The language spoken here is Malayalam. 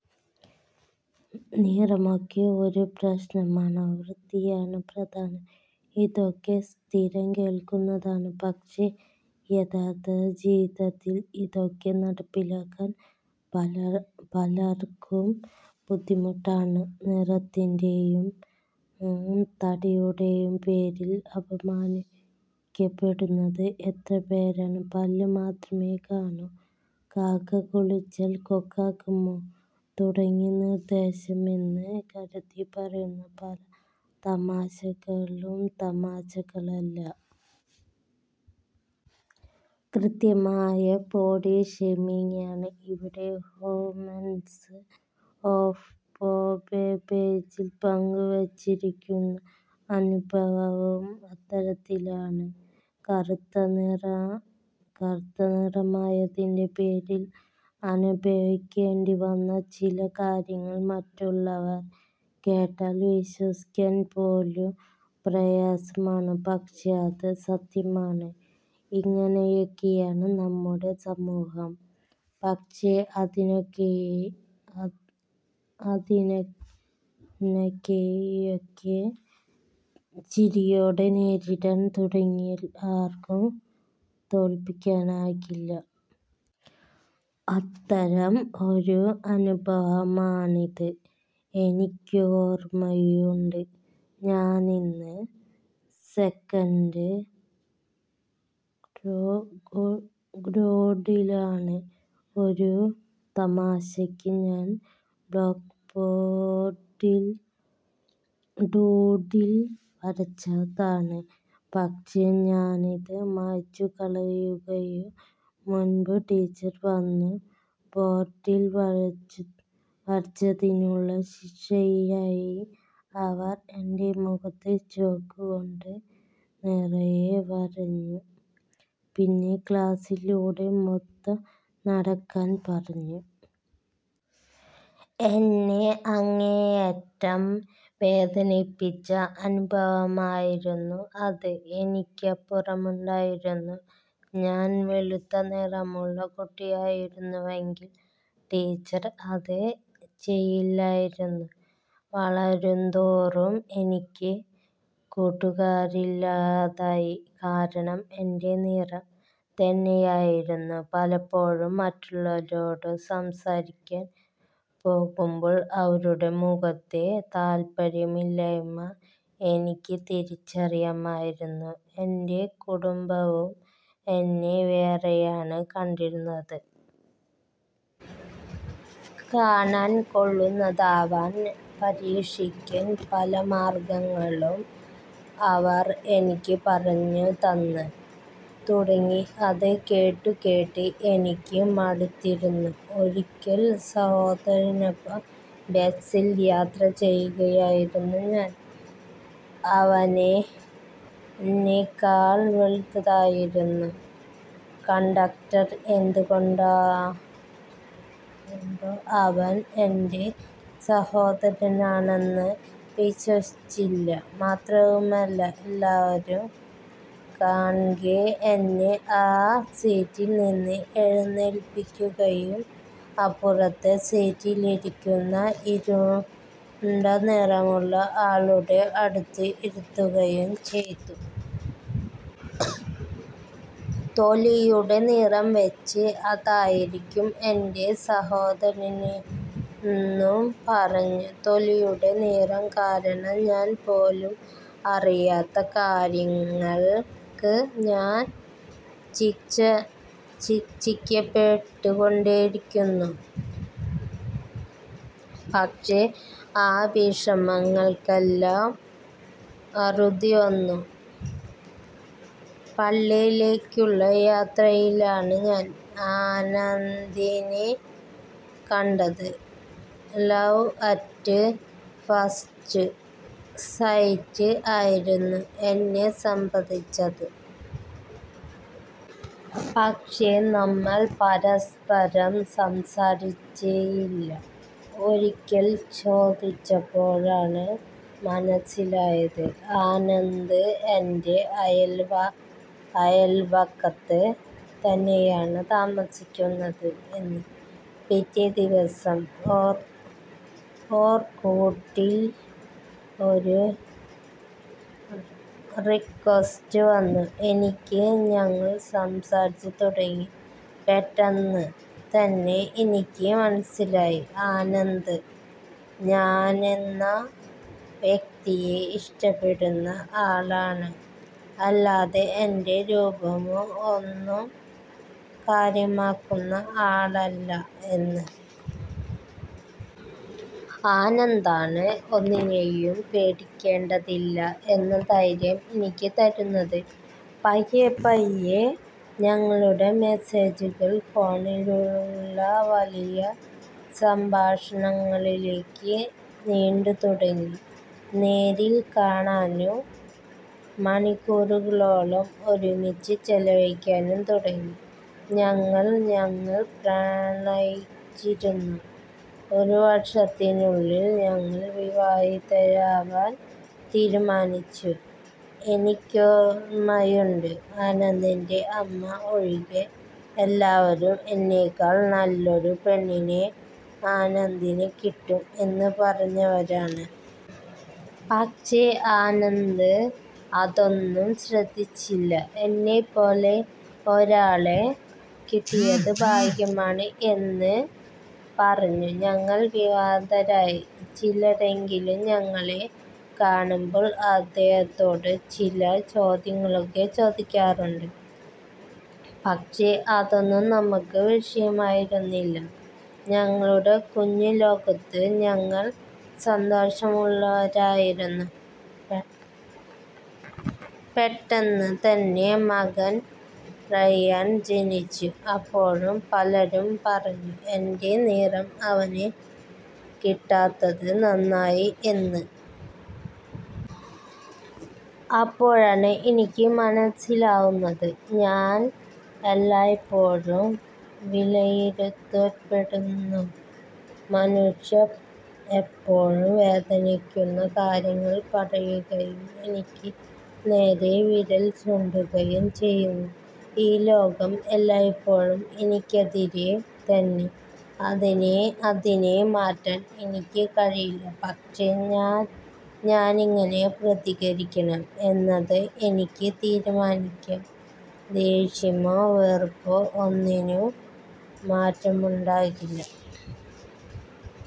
നിറമൊക്കെ ഒരു പ്രശ്നമാണോ? വ്യക്തിയാണ് പ്രധാനം. ഇതൊക്കെ സ്ഥിരം കേൾക്കുന്നതാണ്. പക്ഷേ യഥാർഥ ജീവിതത്തിൽ ഇതൊക്കെ നടപ്പിലാക്കാൻ പല പലർക്കും ബുദ്ധിമുട്ടാണ്. നിറത്തിൻ്റെയും തടിയുടെയും പേരിൽ അപമാനിക്കപ്പെടുന്നത് എത്ര പേരാണ്? പല്ല് മാത്രമേ കാണൂ, കാക്ക കുളിച്ചാൽ കൊക്കാകുമോ തുടങ്ങി നിർദോഷമെന്ന് കരുതി പറയുന്ന പല തമാശകളും തമാശകളല്ല. കൃത്യമായ ബോഡി ഷേമിങ്ങാണ്. ഇവിടെ ഹ്യൂമൻസ് ഓഫ് ബോംബെ പേജിൽ പങ്കുവെച്ചിരിക്കുന്ന അനുഭവവും അത്തരത്തിലൊന്നാണ്. കറുത്ത നിറമായതിൻ്റെ പേരിൽ അനുഭവിക്കേണ്ടി വന്ന ചില കാര്യങ്ങൾ മറ്റുള്ളവർ കേട്ടാൽ വിശ്വസിക്കാൻ പോലും പ്രയാസമാണ്. പക്ഷേ അത് സത്യമാണ്. ഇങ്ങനെയൊക്കെയാണ് നമ്മുടെ സമൂഹം. പക്ഷേ അതിനെയൊക്കെ ചിരിയോടെ നേരിടാൻ തുടങ്ങിയാൽ ആർക്കും തോൽപ്പിക്കാനാകില്ല. അത്തരം ഒരു അനുഭവമാണിത്. എനിക്കോർമയുണ്ട്. ഞാനന്ന് സെക്കൻഡ് ഗ്രേഡിലാണ്. ഒരു തമാശയ്ക്ക് ഞാൻ ബ്ലാക്ക്ബോർഡിൽ ഡൂഡിൽ വരച്ചതാണ്. പക്ഷേ ഞാനത് മായ്ച്ചുകളയും മുമ്പ് ടീച്ചർ വന്നു. ബോർഡിൽ വരച്ചതിനുള്ള ശിക്ഷയായി അവർ എൻ്റെ മുഖത്ത് ചോക്ക് കൊണ്ട് നിറയെ വരഞ്ഞു. പിന്നെ ക്ലാസിലൂടെ മൊത്തം നടക്കാൻ പറഞ്ഞു. എന്നെ അങ്ങേയറ്റം വേദനിപ്പിച്ച അനുഭവമായിരുന്നു അത്. എനിക്കുറപ്പുണ്ടായിരുന്നു ഞാൻ വെളുത്ത നിറമുള്ള കുട്ടിയായിരുന്നുവെങ്കിൽ ടീച്ചർ അത് ചെയ്യില്ലായിരുന്നു. വളരുന്തോറും എനിക്ക് കൂട്ടുകാരില്ലാതായി. കാരണം എൻ്റെ നിറം തന്നെയായിരുന്നു. പലപ്പോഴും മറ്റുള്ളവരോട് സംസാരിക്കാൻ പോകുമ്പോൾ അവരുടെ മുഖത്തെ താൽപര്യമില്ലായ്മ എനിക്ക് തിരിച്ചറിയാമായിരുന്നു. എൻ്റെ കുടുംബവും എന്നെ വേറെയാണ് കണ്ടിരുന്നത്. കാണാൻ കൊള്ളുന്നതാവാൻ പരീക്ഷിക്കാൻ പല മാർഗങ്ങളും അവർ എനിക്ക് പറഞ്ഞുതന്ന് തുടങ്ങി. അത് കേട്ടുകേട്ട് എനിക്ക് മടുത്തിരുന്നു. ഒരിക്കൽ സഹോദരനൊപ്പം ബസിൽ യാത്ര ചെയ്യുകയായിരുന്നു ഞാൻ. അവനെന്നെക്കാൾ വെളുത്തിട്ടായിരുന്നു. കണ്ടക്ടർ എന്തുകൊണ്ടോ അവൻ എൻ്റെ സഹോദരനാണ് എന്ന് വിശ്വസിച്ചില്ല. മാത്രവുമല്ല എല്ലാവരും കാൺകെ എന്നെ ആ സീറ്റിൽ നിന്ന് എഴുന്നേൽപ്പിക്കുകയും അപ്പുറത്തെ സീറ്റിലിരുന്ന ഇരുണ്ട നിറത്തിലുള്ള ആളുടെ അടുത്ത് ഇരുത്തുകയും ചെയ്തു. തൊലിയുടെ നിറം വെച്ച് അതായിരിക്കും എൻ്റെ സഹോദരനെന്നും പറഞ്ഞു. തൊലിയുടെ നിറം കാരണം ഞാൻ പോലും അറിയാത്ത കാര്യങ്ങൾക്ക് ഞാൻ ശിക്ഷിക്കപ്പെട്ടുകൊണ്ടേയിരുന്നു. പക്ഷേ ആ വിഷമങ്ങൾക്കെല്ലാം അറുതി വന്നു. പള്ളിയിലേക്കുള്ള യാത്രയിലാണ് ഞാൻ ആനന്ദിനെ കണ്ടത്. ലവ് അറ്റ് ഫസ്റ്റ് സൈറ്റ് ആയിരുന്നു എന്നെ സംബന്ധിച്ച് അത്. പക്ഷേ നമ്മൾ പരസ്പരം സംസാരിച്ചേയില്ല. ഒരിക്കൽ ചോദിച്ചപ്പോഴാണ് മനസ്സിലായത് ആനന്ദ് എൻ്റെ അയൽവക്കത്ത് തന്നെയാണ് താമസിക്കുന്നത് എന്ന്. പിറ്റേദിവസം ഓർക്കൂട്ടിൽ ഒരു റിക്വസ്റ്റ് വന്നു എനിക്ക്. ഞങ്ങൾ സംസാരിച്ചു തുടങ്ങി. പെട്ടെന്ന് തന്നെ എനിക്ക് മനസ്സിലായി ആനന്ദ് ഞാനെന്ന വ്യക്തിയെ ഇഷ്ടപ്പെടുന്ന ആളാണ്. അല്ലാതെ എൻ്റെ രൂപമോ ഒന്നും കാര്യമാക്കുന്ന ആളല്ല എന്ന്. ആനന്ദാണ് ഒന്നിനെയും പേടിക്കേണ്ടതില്ല എന്ന ധൈര്യം എനിക്ക് തരുന്നത്. പയ്യപ്പയ്യെ ഞങ്ങളുടെ മെസേജുകൾ ഫോണിലൂടെയുള്ള വലിയ സംഭാഷണങ്ങളിലേക്ക് നീണ്ടുതുടങ്ങി. നേരിൽ കാണാനും മണിക്കൂറുകളോളം ഒരുമിച്ച് ചെലവഴിക്കാനും തുടങ്ങി ഞങ്ങൾ. ഞങ്ങൾ പ്രണയത്തിലായിരുന്നു. ഒരു വർഷത്തിനുള്ളിൽ ഞങ്ങൾ വിവാഹിതരാവാൻ തീരുമാനിച്ചു. എനിക്കോർമയുണ്ട്. ആനന്ദിൻ്റെ അമ്മ ഒഴികെ എല്ലാവരും എന്നേക്കാൾ നല്ലൊരു പെണ്ണിനെ ആനന്ദിന് കിട്ടും എന്ന് പറഞ്ഞവരാണ്. പക്ഷേ ആനന്ദ് അതൊന്നും ശ്രദ്ധിച്ചില്ല. എന്നെപ്പോലൊരാളെ കിട്ടിയത് ഭാഗ്യമാണ് എന്ന് പറഞ്ഞു. ഞങ്ങൾ വിവാഹിതരായി. ചിലരെങ്കിലും ഞങ്ങളെ കാണുമ്പോൾ അദ്ദേഹത്തോട് ചില ചോദ്യങ്ങളൊക്കെ ചോദിക്കാറുണ്ട്. പക്ഷേ അതൊന്നും നമുക്ക് വിഷയമായിരുന്നില്ല. ഞങ്ങളുടെ കുഞ്ഞുലോകത്ത് ഞങ്ങൾ സന്തോഷമുള്ളവരായിരുന്നു. പെട്ടെന്ന് തന്നെ മകൻ റയാൻ ജനിച്ചു. അപ്പോഴും പലരും പറഞ്ഞു എൻ്റെ നിറം അവന് കിട്ടാത്തത് നന്നായി എന്ന്. അപ്പോഴാണ് എനിക്ക് മനസ്സിലാവുന്നത് ഞാൻ എല്ലായ്പ്പോഴും വിലയിരുത്തപ്പെടുന്നു, മനുഷ്യർ എപ്പോഴും വേദനിപ്പിക്കുന്ന കാര്യങ്ങൾ പറയുകയും എനിക്ക് നേരെ വിരൽ ചൂണ്ടുകയും ചെയ്യുന്നു.ഈ ലോകം എല്ലായ്പ്പോഴും എനിക്കെതിരെ തന്നെ. അതിനെ മാറ്റാൻ എനിക്ക് കഴിയില്ല. പക്ഷേ ഞാനെങ്ങനെ പ്രതികരിക്കണം എന്നത് എനിക്ക് തീരുമാനിക്കാം. ദേഷ്യമോ വെറുപ്പോ ഒന്നിനും മാറ്റമുണ്ടാക്കില്ല.